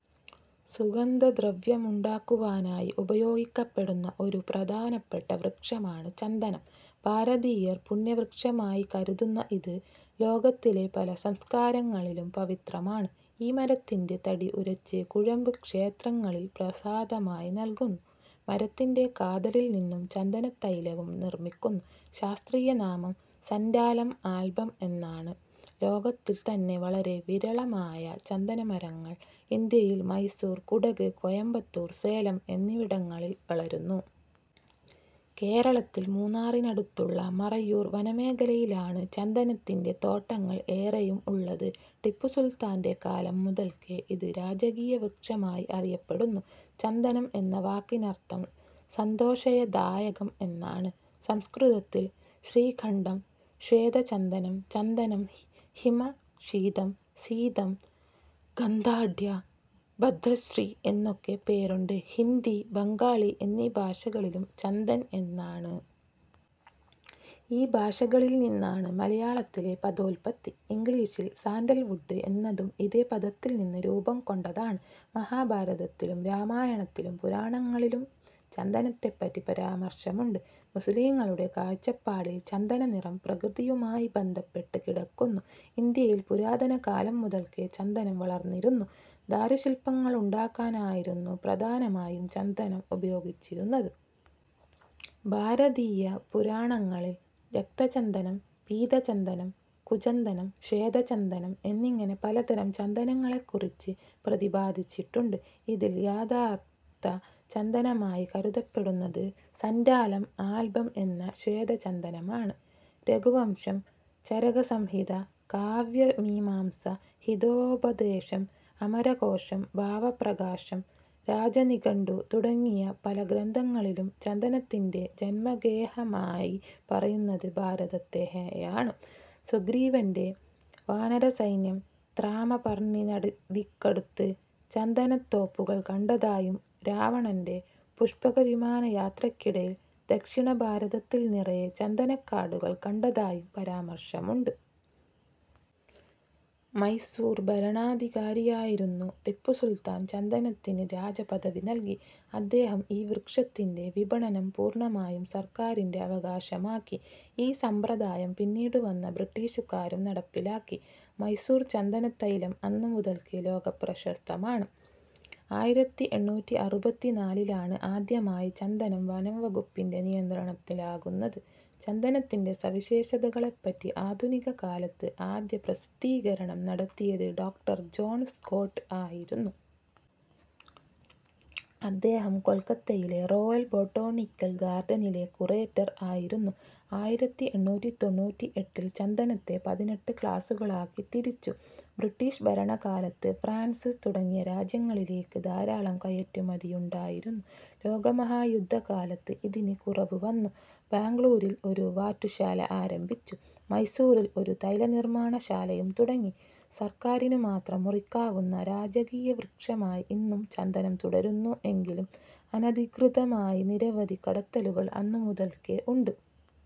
സുഗന്ധദ്രവ്യമുണ്ടാക്കുവാനായി ഉപയോഗിക്കപ്പെടുന്ന ഒരു പ്രധാനപ്പെട്ട വൃക്ഷമാണ് ചന്ദനം. ഭാരതീയർ പുണ്യവൃക്ഷമായി കരുതുന്ന ഇത്, ലോകത്തിലെ പല സംസ്കാരങ്ങളിലും പവിത്രമാണ്. ഈ മരത്തിന്റെ തടി ഉരച്ച് കുഴമ്പ് ക്ഷേത്രങ്ങളിൽ പ്രസാദമായി നൽകുന്നു. മരത്തിന്റെ കാതലിൽ നിന്നും ചന്ദനത്തൈലവും നിർമ്മിക്കുന്നു. ശാസ്ത്രീയനാമം സന്റാലം ആൽബം എന്നാണ്. ലോകത്തിൽ തന്നെ വളരെ വിരളമായ ചന്ദനമരങ്ങൾ ഇന്ത്യയിൽ മൈസൂർ, കുടക്, കോയമ്പത്തൂർ, സേലം എന്നിവിടങ്ങളിൽ വളരുന്നു. കേരളത്തിൽ മൂന്നാറിനടുത്തുള്ള മറയൂർ വനമേഖലയിലാണ് ചന്ദനത്തിന്റെ തോട്ടങ്ങൾ ഏറെയും ഉള്ളത്. ടിപ്പുസുൽത്താന്റെ കാലം മുതൽക്ക് ഇത് രാജകീയവൃക്ഷമായി അറിയപ്പെടുന്നു. ചന്ദനം എന്ന വാക്കിനർത്ഥം സന്തോഷദായകം എന്നാണ്. സംസ്കൃതത്തിൽ ശ്രീഖണ്ഡം, ശ്വേതചന്ദനം, ചന്ദനം, ഹിമഃ, ശീതം, സീതം, ഗന്ധാഢ്യഃ, ഭദ്രശ്രീ എന്നൊക്കെ പേരുണ്ട്. ഹിന്ദി, ബംഗാളി എന്നീ ഭാഷകളിലും ചന്ദൻ എന്നാണ്. ഈ ഭാഷകളിൽ നിന്നാണ് മലയാളത്തിലെ പദോല്പത്തി. ഇംഗ്ലീഷിൽ സാൻഡൽ വുഡ് എന്നതും ഇതേ പദത്തിൽ നിന്ന് രൂപം കൊണ്ടതാണ്. മഹാഭാരതത്തിലും രാമായണത്തിലും പുരാണങ്ങളിലും ചന്ദനത്തെപ്പറ്റി പരാമർശമുണ്ട്. മുസ്ലീങ്ങളുടെ കാഴ്ചപ്പാടിൽ ചന്ദന നിറം പ്രകൃതിയുമായി ബന്ധപ്പെട്ട് കിടക്കുന്നു. ഇന്ത്യയിൽ പുരാതനകാലം മുതൽക്കേ ചന്ദനം വളർന്നിരുന്നു. ദാരുശില്പങ്ങളുണ്ടാക്കാനായിരുന്നു പ്രധാനമായും ചന്ദനം ഉപയോഗിച്ചിരുന്നത്. ഭരതീയപുരാണങ്ങളിൽ രക്തചന്ദനം, പീതചന്ദനം, കുചന്ദനം ,ശ്വേതചന്ദനം എന്നിങ്ങനെ പലതരം ചന്ദനങ്ങളെക്കുറിച്ച് പ്രതിപാദിച്ചിട്ടുണ്ട്. ഇതിൽ യഥാർത്ഥ ചന്ദനമായി കരുതപ്പെടുന്നത് സന്റാലം ആൽബം എന്ന ശ്വേത ചന്ദനമാണ്. രഘുവംശം, ചരകസംഹിത, കാവ്യമീമാംസ, ഹിതോപദേശം, അമരകോശം, ഭാവപ്രകാശം, രാജനിഘണ്ടു തുടങ്ങിയ പല ഗ്രന്ഥങ്ങളിലും ചന്ദനത്തിന്റെ ജന്മഗേഹമായി പറയുന്നത് ഭാരതത്തെയാണ്. സുഗ്രീവന്റെ വാനരസൈന്യം താമ്രപർണ്ണി നദിക്കടുത്ത് ചന്ദനത്തോപ്പുകൾ കണ്ടതായും രാവണന്റെ പുഷ്പകവിമാനയാത്രക്കിടയിൽ ദക്ഷിണഭാരതത്തിൽ നിറയെ ചന്ദനക്കാടുകൾ കണ്ടതായും പരാമർശമുണ്ട്. മൈസൂർ ഭരണാധികാരിയായിരുന്നു ടിപ്പുസുൽത്താൻ ചന്ദനത്തിന് രാജ പദവി നൽകി. അദ്ദേഹം ഈ വൃക്ഷത്തിന്റെ വിപണനം പൂർണ്ണമായും സർക്കാരിന്റെ അവകാശമാക്കി. ഈ സമ്പ്രദായം പിന്നീടുവന്ന ബ്രിട്ടീഷുകാരും നടപ്പിലാക്കി. മൈസൂർ ചന്ദനത്തൈലം അന്നുമുതൽക്കേ ലോകപ്രശസ്തമാണ്. ആയിരത്തിഎണ്ണൂറ്റിഅറുപത്തിനാലിലാണ് ആദ്യമായി ചന്ദനം വനം വകുപ്പിന്റെ നിയന്ത്രണത്തിലാകുന്നത്. ചന്ദനത്തിന്റെ സവിശേഷതകളെപ്പറ്റി ആധുനിക കാലത്ത് ആദ്യപ്രസിദ്ധീകരണം നടത്തിയത് ഡോക്ടർ ജോൺ സ്കോട്ട് ആയിരുന്നു. അദ്ദേഹം കൊൽക്കത്തയിലെ റോയൽ ബൊട്ടാണിക്കൽ ഗാർഡനിലെ കുറേറ്റർ ആയിരുന്നു. ആയിരത്തിഎണ്ണൂറ്റിതൊണ്ണൂറ്റിഎട്ടിൽ ചന്ദനത്തെ പതിനെട്ട് ക്ലാസുകളാക്കി തിരിച്ചു. ബ്രിട്ടീഷ് ഭരണകാലത്ത് ഫ്രാൻസ് തുടങ്ങിയ രാജ്യങ്ങളിലേക്ക് ധാരാളം കയറ്റുമതിയുണ്ടായിരുന്നു. ലോകമഹായുദ്ധകാലത്ത് ഇതിന് കുറവ് വന്നു. ബാംഗ്ലൂരിൽ ഒരു വാറ്റുശാല ആരംഭിച്ചു. മൈസൂറിൽ ഒരു തൈലനിർമ്മാണശാലയും തുടങ്ങി. സർക്കാരിനുമാത്രം മുറിക്കാവുന്ന രാജകീയവൃക്ഷമായി ഇന്നും ചന്ദനം തുടരുന്നു എങ്കിലും അനധികൃതമായി നിരവധി കടത്തലുകൾ അന്നുമുതൽക്കേ ഉണ്ട്.